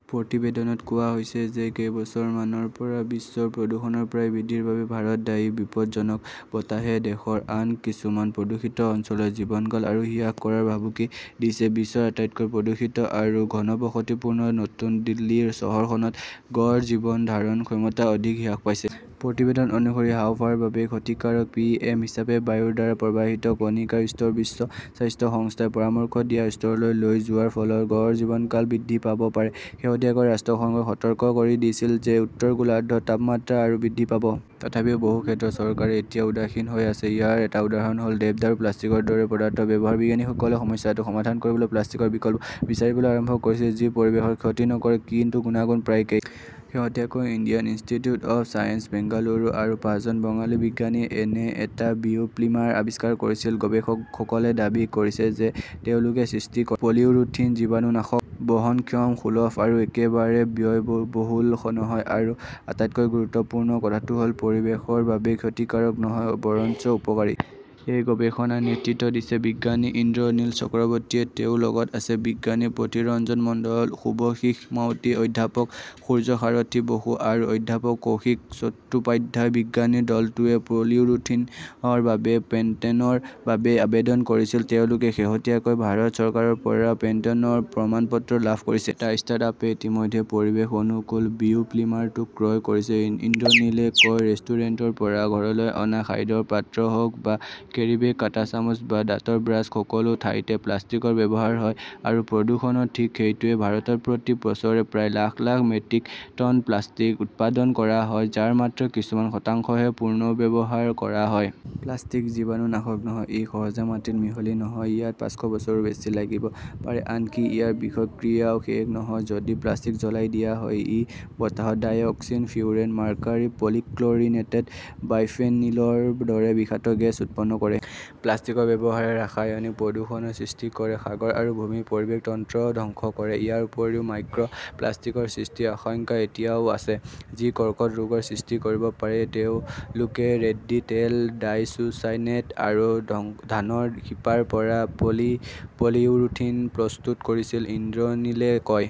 প্ৰতিবেদনত কোৱা হৈছে যে কেইবছৰমানৰ পৰা বিশ্বৰ প্ৰদূষণৰ প্ৰায় বৃদ্ধিৰ বাবে ভাৰত দায়ী। বিপদজনক বতাহে দেশৰ আন কিছুমান প্ৰদূষিত অঞ্চলত জীৱনকাল আৰু হ্ৰাস কৰাৰ ভাবুকি দিছে। বিশ্বৰ আটাইতকৈ প্ৰদূষিত আৰু ঘনবসতিপূৰ্ণ নতুন দিল্লী চহৰখনত গড় জীৱন ধাৰণ ক্ষমতা অধিক হ্ৰাস পাইছে। প্ৰতিবেদন অনুসৰি, হাঁওফাঁওৰ বাবে ক্ষতিকাৰক পি.এম. হিচাপে বায়ুৰ দ্বাৰা প্ৰবাহিত কণিকাৰ স্তৰ বিশ্ব স্বাস্থ্য সংস্থাই পৰামৰ্শ দিয়া স্তৰলৈ লৈ যোৱাৰ ফলত গড় জীৱনকাল বৃদ্ধি পাব পাৰে। শেহতীয়াকৈ ৰাষ্ট্ৰসংঘই সতৰ্ক কৰি দিছিল যে উত্তৰ গোলাৰ্ধত তাপমাত্ৰা আৰু বৃদ্ধি পাব। তথাপিও বহু ক্ষেত্ৰত চৰকাৰে এতিয়াও উদাসীন হৈ আছে। ইয়াৰ এটা উদাহৰণ হ'ল দেৱদাৰুৰ প্লাষ্টিকৰ দৰে পদাৰ্থৰ ব্যৱহাৰ। বিজ্ঞানীসকলে সমস্যাটো সমাধান কৰিবলৈ প্লাষ্টিকৰ বিকল্প বিচাৰিবলৈ আৰম্ভ কৰিছিল, যি পৰিৱেশৰ ক্ষতি নকৰে, কিন্তু গুণাগুণ প্ৰায় একেই। শেহতীয়াকৈ Indian Institute of Science, Bengaluru আৰু পাঁচজন বঙালী বিজ্ঞানীয়ে এনে এটা বায়োপ্লিমাৰ আৱিষ্কাৰ কৰিছিল। গৱেষকসকলে দাবী কৰিছে যে তেওঁলোকে সৃষ্টি কৰা পলিইউৰোথিন জীৱাণুনাশক, বহনক্ষম, সুলভ আৰু একেবাৰে ব্যয়বহুল নহয়। আৰু আটাইতকৈ গুৰুত্বপূৰ্ণ কথাটো হ'ল, পৰিৱেশৰ বাবে ক্ষতিকাৰক নহয়, বৰঞ্চ উপকাৰী। এই গৱেষণাৰ নেতৃত্ব দিছে বিজ্ঞানী ইন্দ্ৰনীল চক্ৰৱৰ্তীয়ে। তেওঁৰ লগত আছে বিজ্ঞানী প্ৰীতৰঞ্জন মণ্ডল, শুভশীষ মাইতি, অধ্যাপক সূৰ্যসাৰথী বসু আৰু অধ্যাপক কৌশিক চট্টোপাধ্যায়। বিজ্ঞানীৰ দলটোৱে পলিউৰোথিনৰ বাবে পেটেণ্টৰ বাবে আবেদন কৰিছিল। তেওঁলোকে শেহতীয়াকৈ ভাৰত চৰকাৰৰ পৰা পেটেণ্টৰ প্ৰমাণপত্ৰ লাভ কৰিছে। এটা ষ্টাৰ্টআপে ইতিমধ্যে পৰিৱেশ-অনুকূল বায়োপ্লিমাৰটো ক্ৰয় কৰিছে, ইন্দ্ৰনীলে কয়। ৰেষ্টুৰেণ্টৰ পৰা ঘৰলৈ অনা খাদ্যৰ পাত্ৰ হওক বা কেৰীবেগ, কাঁটা চামুচ বা দাঁতৰ ব্ৰাছ, সকলো ঠাইতে প্লাষ্টিকৰ ব্যৱহাৰ হয়। আৰু প্ৰদূষণ ঠিক সেইটোৱেই। ভাৰতত প্ৰতি বছৰে প্ৰায় lakh lakh metric tonne plastic উৎপাদন কৰা হয়, যাৰ মাত্ৰ কিছু শতাংশহে পুনৰ্ব্যৱহাৰ কৰা হয়। প্লাষ্টিক জীৱাণুনাশক নহয়। ই সহজে মাটিত মিহলি নহয়, ইয়াত পাঁচশ বছৰৰো‌ বেছি লাগিব পাৰে। আনকি ইয়াৰ বিষক্ৰিয়াও শেষ নহয়। যদি প্লাষ্টিক জ্বলাই দিয়া হয়, ই বতাহত ডাইঅক্সিন, ফিউৰেন, মাৰ্কাৰী, পলিক্লৰিনেটেড বাইফেনিলৰ দৰে বিষাক্ত গেছ উৎপন্ন কৰে। প্লাষ্টিকৰ ব্যৱহাৰে ৰাসায়নিক প্ৰদূষণৰ সৃষ্টি কৰে, সাগৰ আৰু ভূমিৰ পৰিৱেশ তন্ত্ৰ ধ্বংস কৰে, ইয়াৰ উপৰিও মাইক্ৰপ্লাষ্টিকৰ সৃষ্টিৰ আশংকা এতিয়াও আছে, যি কৰ্কট ৰোগৰ সৃষ্টি কৰিব পাৰে। তেওঁলোকে ৰেড্ডী তেল, ডাইচোচাইনেট আৰু ধানৰ শিপাৰ পৰা পলিইউৰোথিন প্ৰস্তুত কৰিছিল, ইন্দ্ৰনীলে কয়।